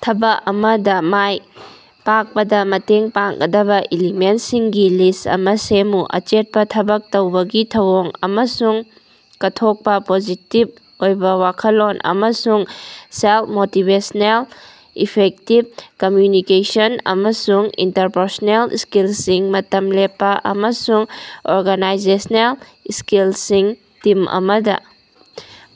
ꯊꯕꯛ ꯑꯃꯗꯥ ꯃꯥꯏ ꯄꯥꯛꯄꯗꯥ ꯃꯇꯦꯡ ꯄꯥꯡꯒꯗꯕꯥ ꯏꯂꯤꯃꯦꯟꯁꯤꯡꯒꯤ ꯂꯤꯁ ꯑꯃꯥ ꯁꯦꯝꯃꯨ꯫ ꯑꯆꯦꯠꯄꯥ ꯊꯕꯛ ꯇꯧꯕꯒꯤ ꯊꯧꯑꯣꯡ ꯑꯃꯁꯨꯡ ꯀꯠꯊꯣꯛꯄꯥ ꯄꯣꯖꯤꯇꯤꯕ ꯑꯣꯏꯕꯥ ꯋꯥꯈꯜꯂꯣꯟ ꯑꯃꯁꯨꯡ ꯁꯦꯜꯐ-ꯃꯣꯇꯤꯕꯦꯁꯅꯦꯜ ꯏꯐꯦꯛꯇꯤꯕ ꯀꯝꯃ꯭ꯌꯨꯅꯤꯀꯦꯁꯟ ꯑꯃꯁꯨꯡ ꯏꯟꯇꯔꯄꯔꯁꯣꯅꯦꯜ ꯁ꯭ꯀꯤꯜꯁꯤꯡ ꯃꯇꯝ ꯂꯦꯞꯄꯥ ꯑꯃꯁꯨꯡ ꯑꯣꯔꯒꯅꯥꯏꯖꯦꯁꯅꯦꯜ ꯁ꯭ꯀꯤꯜꯁꯤꯡ ꯇꯤꯝ ꯑꯃꯗꯥ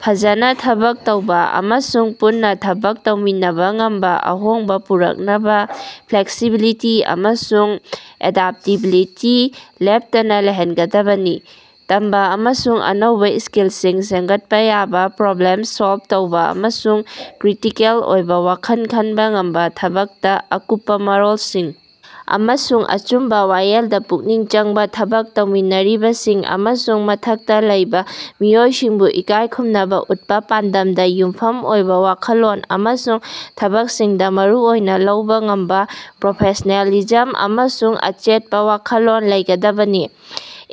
ꯐꯖꯅꯥ ꯊꯕꯛ ꯇꯧꯕꯥ ꯑꯃꯁꯨꯡ ꯄꯨꯟꯅꯥ ꯊꯕꯛ ꯇꯧꯃꯤꯟꯅꯕꯥ ꯉꯝꯕꯥ ꯑꯍꯣꯡꯕꯥ ꯄꯨꯔꯛꯅꯕꯥ ꯐ꯭ꯂꯦꯛꯁꯤꯕꯤꯂꯤꯇꯤ ꯑꯃꯁꯨꯡ ꯑꯦꯗꯥꯞꯇꯦꯕꯤꯂꯤꯇꯤ ꯂꯦꯞꯇꯅꯥ ꯂꯩꯍꯟꯒꯗꯕꯅꯤ꯫ ꯇꯝꯕꯥ ꯑꯃꯁꯨꯡ ꯑꯅꯧꯕꯥ ꯁ꯭ꯀꯤꯜꯁꯤꯡ ꯁꯦꯝꯒꯠꯄꯥ ꯌꯥꯕꯥ ꯄ꯭ꯔꯣꯕ꯭ꯂꯦꯝ ꯁꯣꯜꯕ ꯇꯧꯕꯥ ꯑꯃꯁꯨꯡ ꯀ꯭ꯔꯤꯇꯤꯀꯦꯜ ꯑꯣꯏꯕꯥ ꯋꯥꯈꯜ ꯈꯟꯕꯥ ꯉꯝꯕꯥ ꯊꯕꯛꯇꯥ ꯑꯀꯨꯞꯄꯥ ꯃꯔꯣꯜꯁꯤꯡ ꯑꯃꯁꯨꯡ ꯑꯆꯨꯝꯕꯥ ꯋꯥꯌꯦꯜꯗꯥ ꯄꯨꯛꯅꯤꯡ ꯆꯪꯕꯥ ꯊꯕꯛ ꯇꯧꯃꯤꯟꯅꯔꯤꯕꯁꯤꯡ ꯑꯃꯁꯨꯡ ꯃꯊꯛꯇꯥ ꯂꯩꯕꯥ ꯃꯤꯑꯣꯏꯁꯤꯡꯕꯨ ꯏꯀꯥꯏꯈꯨꯝꯅꯕꯥ ꯎꯠꯄꯥ ꯄꯥꯟꯗꯝꯗꯥ ꯌꯨꯝꯐꯝ ꯑꯣꯏꯕꯥ ꯋꯥꯈꯜꯂꯣꯟ ꯑꯃꯁꯨꯡ ꯊꯕꯛꯁꯤꯡꯗꯥ ꯃꯔꯨꯑꯣꯏꯅꯥ ꯂꯧꯕꯥ ꯉꯝꯕꯥ ꯄ꯭ꯔꯣꯐꯦꯁꯅꯦꯂꯤꯖꯝ ꯑꯃꯁꯨꯡ ꯑꯆꯦꯠꯄꯥ ꯋꯥꯈꯜꯂꯣꯟ ꯂꯩꯒꯗꯕꯅꯤ꯫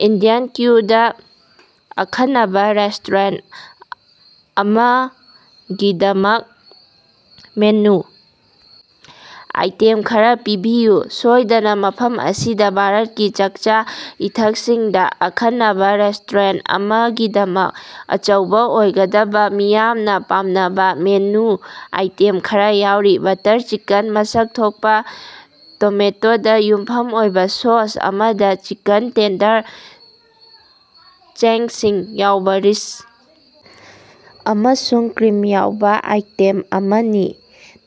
ꯏꯟꯗꯤꯌꯟ ꯀ꯭ꯌꯨꯗꯥ ꯑꯈꯟꯅꯕꯥ ꯔꯦꯁꯇꯣꯔꯦꯟꯇ ꯑꯃꯒꯤꯗꯃꯛ ꯃꯦꯅꯨ ꯑꯥꯏꯇꯦꯝ ꯈꯔꯥ ꯄꯤꯕꯤꯌꯨ꯫ ꯁꯣꯏꯗꯅꯥ, ꯃꯐꯝ ꯑꯁꯤꯗꯥ ꯚꯥꯔꯠꯀꯤ ꯆꯥꯛꯆꯥ-ꯏꯊꯛꯁꯤꯡꯗꯥ ꯑꯈꯟꯅꯕꯥ ꯔꯦꯁꯇꯣꯔꯦꯟꯇ ꯑꯃꯒꯤꯗꯃꯛ ꯑꯆꯧꯕꯥ ꯑꯣꯏꯒꯗꯕꯥ ꯃꯤꯌꯥꯝꯅꯥ ꯄꯥꯝꯅꯕꯥ ꯃꯦꯅꯨ ꯑꯥꯏꯇꯦꯝ ꯈꯔꯥ ꯌꯥꯎꯔꯤ: ꯕꯠꯇꯔ ꯆꯤꯀꯟ: ꯃꯁꯛ ꯊꯣꯛꯄꯥ ꯇꯣꯃꯦꯇꯣꯗꯥ ꯌꯨꯝꯐꯝ ꯑꯣꯏꯕꯥ ꯁꯣꯁ ꯑꯃꯗꯥ ꯆꯤꯀꯟ ꯇꯦꯟꯗꯔ ꯆꯦꯡꯁꯤꯡ ꯌꯥꯎꯕꯥ ꯔꯤꯆ ꯑꯃꯁꯨꯡ ꯀ꯭ꯔꯤꯝ ꯌꯥꯎꯕꯥ ꯑꯥꯏꯇꯦꯝ ꯑꯃꯅꯤ꯫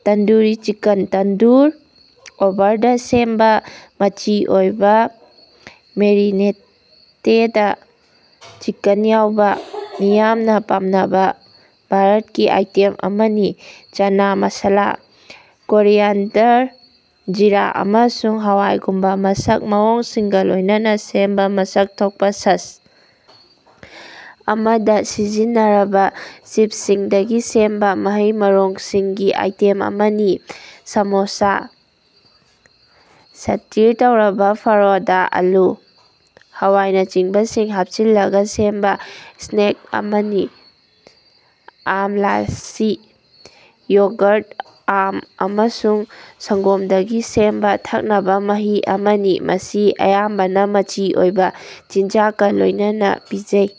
ꯇꯟꯗꯨꯔꯤ ꯆꯤꯀꯟ: ꯇꯟꯗꯨꯔ ꯑꯣꯚꯔꯗꯥ ꯁꯦꯝꯕꯥ ꯃꯆꯤ ꯑꯣꯏꯕꯥ ꯃꯦꯔꯤꯅꯦꯇꯦꯗ ꯆꯤꯀꯟ ꯌꯥꯎꯕꯥ ꯃꯤꯌꯥꯝꯅꯥ ꯄꯥꯝꯅꯕꯥ ꯚꯥꯔꯠꯀꯤ ꯑꯥꯏꯇꯦꯝ ꯑꯃꯅꯤ꯫ ꯆꯅꯥ ꯃꯁꯥꯂꯥ: ꯀꯣꯔꯤꯌꯥꯟꯗꯔ, ꯖꯤꯔꯥ ꯑꯃꯁꯨꯡ ꯍꯋꯥꯏꯒꯨꯝꯕꯥ ꯃꯁꯛ ꯃꯑꯣꯡꯁꯤꯡꯒꯥ ꯂꯣꯏꯅꯅꯥ ꯁꯦꯝꯕꯥ ꯃꯁꯛ ꯊꯣꯛꯄꯥ ꯁꯁ ꯑꯃꯗꯥ ꯁꯤꯖꯤꯟꯅꯔꯕꯥ ꯆꯤꯞꯁꯤꯡꯗꯒꯤ ꯁꯦꯝꯕꯥ ꯃꯍꯩ-ꯃꯔꯣꯡꯁꯤꯡꯒꯤꯑꯥꯏꯇꯦꯝ ꯑꯃꯅꯤ꯫ ꯁꯥꯃꯣꯁꯥ: ꯁꯇꯤꯔ ꯇꯧꯔꯕꯥ ꯐꯔꯣꯗꯥ ꯑꯥꯂꯨ, ꯍꯋꯥꯏꯅꯆꯤꯡꯕ ꯁꯤꯡ ꯍꯥꯞꯆꯤꯜꯂꯒꯥ ꯁꯦꯝꯕ ꯁ꯭ꯅꯦꯛ ꯑꯃꯅꯤ꯫ ꯑꯥꯝ ꯂꯥꯁꯤ: ꯌꯣꯒꯔ, ꯑꯥꯝ ꯑꯃꯁꯨꯡ ꯁꯪꯒꯣꯝꯗꯒꯤ ꯁꯦꯝꯕꯥ ꯊꯛꯅꯕꯥ ꯃꯍꯤ ꯑꯃꯅꯤ, ꯃꯁꯤ ꯑꯌꯥꯝꯕꯅꯥ ꯃꯆꯤ ꯑꯣꯏꯕꯥ ꯆꯤꯟꯖꯥꯛꯀ ꯂꯣꯏꯅꯅꯥ ꯄꯤꯖꯩ꯫